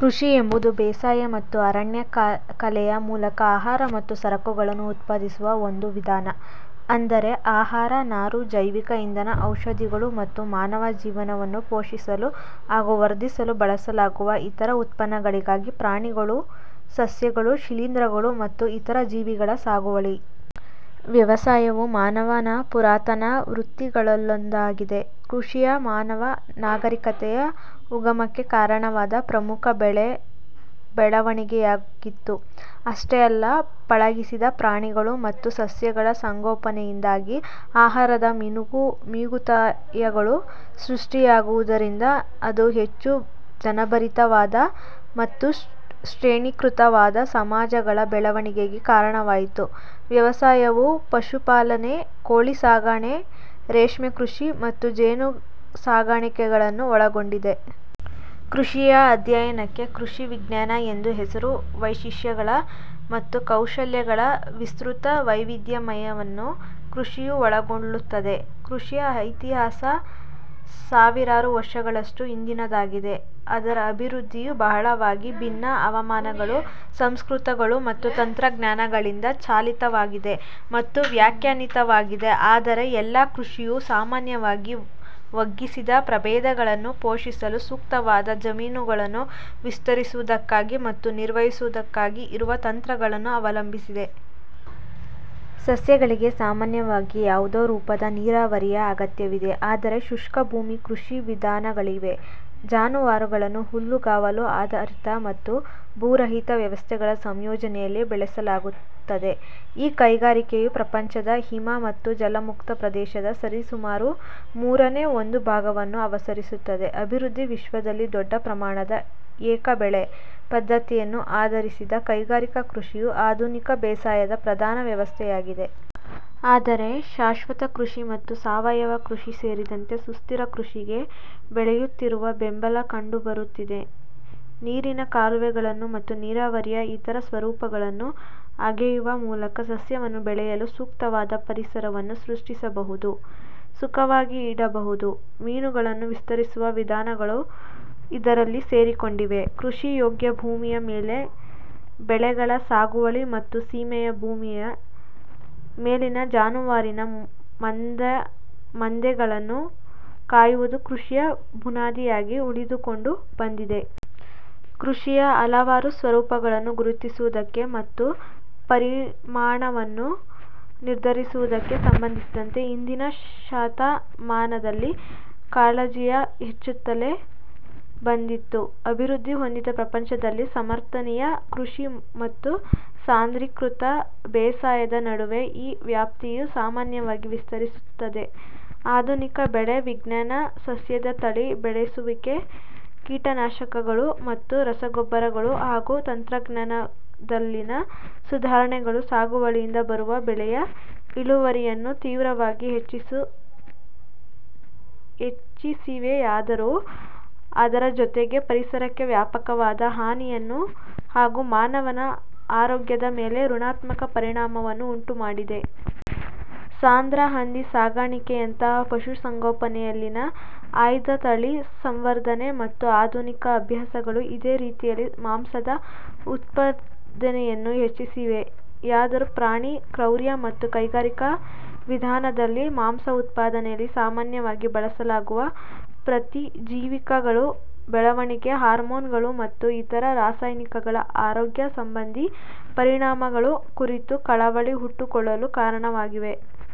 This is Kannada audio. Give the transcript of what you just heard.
ಕೃಷಿ ಎಂಬುದು ಬೇಸಾಯ ಮತ್ತು ಅರಣ್ಯಕಲೆಯ ಮೂಲಕ ಆಹಾರ ಮತ್ತು ಸರಕುಗಳನ್ನು ಉತ್ಪಾದಿಸುವ ಒಂದು ವಿಧಾನ. ಅಂದರೆ ಆಹಾರ, ನಾರು, ಜೈವಿಕ ಇಂಧನ, ಔಷಧಗಳು ಮತ್ತು ಮಾನವ ಜೀವನವನ್ನು ಪೋಷಿಸಲು ಹಾಗೂ ವರ್ಧಿಸಲು ಬಳಸಲಾಗುವ ಇತರ ಉತ್ಪನ್ನಗಳಿಗಾಗಿ ಪ್ರಾಣಿ ಗಳು, ಸಸ್ಯಗಳು, ಶಿಲೀಂಧ್ರಗಳು, ಮತ್ತು ಇತರ ಜೀವಿಗಳ ಸಾಗುವಳಿ. ವ್ಯವಸಾಯವು ಮಾನವ ನ ಪುರಾತನ ವೃತ್ತಿಗಳಲ್ಲೊಂದಾಗಿದೆ. ಕೃಷಿಯು ಮಾನವ ನಾಗರಿಕತೆಯ ಉಗಮಕ್ಕೆ ಕಾರಣವಾದ ಪ್ರಮುಖ ಬೆಳವಣಿಗೆಯಾಗಿತ್ತು. ಅಷ್ಟೇ ಅಲ್ಲ, ಪಳಗಿಸಿದ ಪ್ರಾಣಿ ಗಳು ಮತ್ತು ಸಸ್ಯಗಳ ಸಂಗೋಪನೆಯಿಂದಾಗಿ ಆಹಾರದ ಮಿಗುತಾಯಗಳು ಸೃಷ್ಟಿಯಾಗುವುದರಿಂದ ಅದು ಹೆಚ್ಚು ಜನಭರಿತವಾದ ಮತ್ತು ಶ್ರೇಣೀಕೃತವಾದ ಸಮಾಜಗಳ ಬೆಳವಣಿಗೆಗೆ ಕಾರಣವಾಯಿತು. ವ್ಯವಸಾಯವು ಪಶುಪಾಲನೆ, ಕೋಳಿಸಾಕಣೆ, ರೇಷ್ಮೆ ಕೃಷಿ ಮತ್ತು ಜೇನುಸಾಕಣೆಗಳನ್ನು ಒಳಗೊಂಡಿದೆ. ಕೃಷಿಯ ಅಧ್ಯಯನಕ್ಕೆ ಕೃಷಿ ವಿಜ್ಞಾನ ಎಂದು ಹೆಸರು. ವೈಶಿಷ್ಟ್ಯಗಳು ಮತ್ತು ಕೌಶಲಗಳ ವಿಸ್ತೃತ ವೈವಿಧ್ಯವನ್ನು ಕೃಷಿಯು ಒಳಗೊಳ್ಳುತ್ತದೆ. ಕೃಷಿಯ ಇತಿಹಾಸ ಸಾವಿರಾರು ವರ್ಷಗಳಷ್ಟು ಹಿಂದಿನದ್ದಾಗಿದೆ. ಅದರ ಅಭಿವೃದ್ಧಿಯು ಬಹಳವಾಗಿ ಭಿನ್ನ ಹವಾಮಾನಗಳು, ಸಂಸ್ಕೃತಿಗಳು, ಮತ್ತು ತಂತ್ರಜ್ಞಾನಗಳಿಂದ ಚಾಲಿತವಾಗಿದೆ ಮತ್ತು ವ್ಯಾಖ್ಯಾನಿತವಾಗಿದೆ. ಆದರೆ, ಎಲ್ಲ ಕೃಷಿಯು ಸಾಮಾನ್ಯವಾಗಿ ಒಗ್ಗಿಸಿದ ಪ್ರಭೇದಗಳನ್ನು ಪೋಷಿಸಲು ಸೂಕ್ತವಾದ ಜಮೀನುಗಳನ್ನು ವಿಸ್ತರಿಸುವುದಕ್ಕಾಗಿ ಮತ್ತು ನಿರ್ವಹಿಸುವುದಕ್ಕಾಗಿ ಇರುವ ತಂತ್ರಗಳನ್ನು ಅವಲಂಬಿಸಿದೆ. ಸಸ್ಯಗಳಿಗೆ ಸಾಮಾನ್ಯವಾಗಿ ಯಾವುದೋ ರೂಪದ ನೀರಾವರಿಯ ಅಗತ್ಯವಿದೆ. ಆದರೆ, ಶುಷ್ಕಭೂಮಿ ಕೃಷಿ ವಿಧಾನಗಳಿವೆ. ಜಾನುವಾರುಗಳನ್ನು ಹುಲ್ಲುಗಾವಲು ಆಧಾರಿತ ಮತ್ತು ಭೂರಹಿತ ವ್ಯವಸ್ಥೆಗಳ ಸಂಯೋಜನೆಯಲ್ಲಿ ಬೆಳೆಸಲಾಗುತ್ತದೆ. ಈ ಕೈಗಾರಿಕೆಯು ಪ್ರಪಂಚದ ಹಿಮ ಮತ್ತು ಜಲಮುಕ್ತ ಪ್ರದೇಶದ ಸರಿಸುಮಾರು ಮೂರನೇ ಒಂದು ಭಾಗವನ್ನು ಆವರಿಸುತ್ತದೆ. ಅಭಿವೃದ್ಧಿ ವಿಶ್ವದಲ್ಲಿ, ದೊಡ್ಡ ಪ್ರಮಾಣದ ಏಕಬೆಳೆ ಪದ್ಧತಿಯನ್ನು ಆಧರಿಸಿದ ಕೈಗಾರಿಕಾ ಕೃಷಿಯು ಆಧುನಿಕ ಬೇಸಾಯದ ಪ್ರಧಾನ ವ್ಯವಸ್ಥೆಯಾಗಿದೆ. ಆದರೆ, ಶಾಶ್ವತಕೃಷಿ ಮತ್ತು ಸಾವಯವ ಕೃಷಿ ಸೇರಿದಂತೆ ಸುಸ್ಥಿರ ಕೃಷಿಗೆ ಬೆಳೆಯುತ್ತಿರುವ ಬೆಂಬಲ ಕಂಡುಬರುತ್ತಿದೆ. ನೀರಿನ ಕಾಲುವೆಗಳನ್ನು ಮತ್ತು ನೀರಾವರಿಯ ಇತರ ಸ್ವರೂಪಗಳನ್ನು ಅಗೆಯುವ ಮೂಲಕ, ಸಸ್ಯವನ್ನು ಬೆಳೆಸಲು ಸೂಕ್ತವಾದ ಪರಿಸರವನ್ನು ಸೃಷ್ಟಿಸಬಹುದು, ಸುಖವಾಗಿ ಇಡಬಹುದು. ಮೀನುಗಳನ್ನು ವಿಸ್ತರಿಸುವ ವಿಧಾನಗಳು ಇದರಲ್ಲಿ ಸೇರಿಕೊಂಡಿವೆ. ಕೃಷಿಯೋಗ್ಯ ಭೂಮಿಯ ಮೇಲಿನ ಬೆಳೆಗಳ ಸಾಗುವಳಿ ಮತ್ತು ಸೀಮೆಯ ಭೂಮಿಯ ಮೇಲಿನ ಜಾನುವಾರಿನ ಮಂದೆಗಳನ್ನು ಕಾಯುವುದು ಕೃಷಿಯ ಬುನಾದಿಯಾಗಿ ಉಳಿದುಕೊಂಡು ಬಂದಿದೆ. ಕೃಷಿಯ ಹಲವಾರು ಸ್ವರೂಪಗಳನ್ನು ಗುರುತಿಸುವುದಕ್ಕೆ ಮತ್ತು ಪರಿಮಾಣವನ್ನು ನಿರ್ಧರಿಸುವುದಕ್ಕೆ ಸಂಬಂಧಿಸಿದಂತೆ ಹಿಂದಿನ ಶತಮಾನದಲ್ಲಿ ಕಾಳಜಿಯು ಹೆಚ್ಚುತ್ತಲೇ ಬಂದಿತ್ತು. ಅಭಿವೃದ್ಧಿ ಹೊಂದಿದ ಪ್ರಪಂಚದಲ್ಲಿ ಸಮರ್ಥನೀಯ ಕೃಷಿ ಮತ್ತು ಸಾಂದ್ರೀಕೃತ ಬೇಸಾಯದ ನಡುವೆ ಈ ವ್ಯಾಪ್ತಿಯು ಸಾಮಾನ್ಯವಾಗಿ ವಿಸ್ತರಿಸುತ್ತದೆ. ಆಧುನಿಕ ಬೆಳೆ ವಿಜ್ಞಾನ, ಸಸ್ಯದ ತಳಿ ಬೆಳೆಸುವಿಕೆ, ಕೀಟನಾಶಕಗಳು ಮತ್ತು ರಸಗೊಬ್ಬರಗಳು, ಹಾಗೂ ತಂತ್ರಜ್ಞಾನದಲ್ಲಿನ ಸುಧಾರಣೆಗಳು ಸಾಗುವಳಿಯಿಂದ ಬರುವ ಬೆಳೆಯ ಇಳುವರಿಯನ್ನು ತೀವ್ರವಾಗಿ ಹೆಚ್ಚಿಸಿವೆಯಾದರೂ, ಅದರ ಜೊತೆಗೇ, ಪರಿಸರಕ್ಕೆ ವ್ಯಾಪಕವಾದ ಹಾನಿಯನ್ನು ಹಾಗೂ ಮಾನವನ ಆರೋಗ್ಯದ ಮೇಲೆ ಋಣಾತ್ಮಕ ಪರಿಣಾಮವನ್ನೂ ಉಂಟುಮಾಡಿವೆ. ಸಾಂದ್ರ ಹಂದಿ ಸಾಕಾಣಿಕೆಯಂಥ ಪಶು ಸಂಗೋಪನೆಯಲ್ಲಿನ ಆಯ್ದ ತಳಿ ಸಂವರ್ಧನೆ ಮತ್ತು ಆಧುನಿಕ ಅಭ್ಯಾಸಗಳು ಇದೇ ರೀತಿಯಲ್ಲಿ ಮಾಂಸ ದ ಉತ್ಪಾದನೆಯನ್ನೂ ಹೆಚ್ಚಿಸಿವೆಯಾದರೂ, ಪ್ರಾಣಿ ಕ್ರೌರ್ಯ ಮತ್ತು ಕೈಗಾರಿಕಾ ವಿಧಾನದಲ್ಲಿ ಮಾಂಸ ಉತ್ಪಾದನೆಯಲ್ಲಿ ಸಾಮಾನ್ಯವಾಗಿ ಬಳಸಲಾಗುವ ಪ್ರತಿಜೀವಿಕಗಳು, ಬೆಳವಣಿಗೆ ಹಾರ್ಮೋನುಗಳು, ಮತ್ತು ಇತರ ರಾಸಾಯನಿಕಗಳ ಆರೋಗ್ಯ ಸಂಬಂಧಿ ಪರಿಣಾಮಗಳ ಕುರಿತೂ ಕಳವಳ ಹುಟ್ಟಿಕೊಳ್ಳಲು ಕಾರಣವಾಗಿವೆ.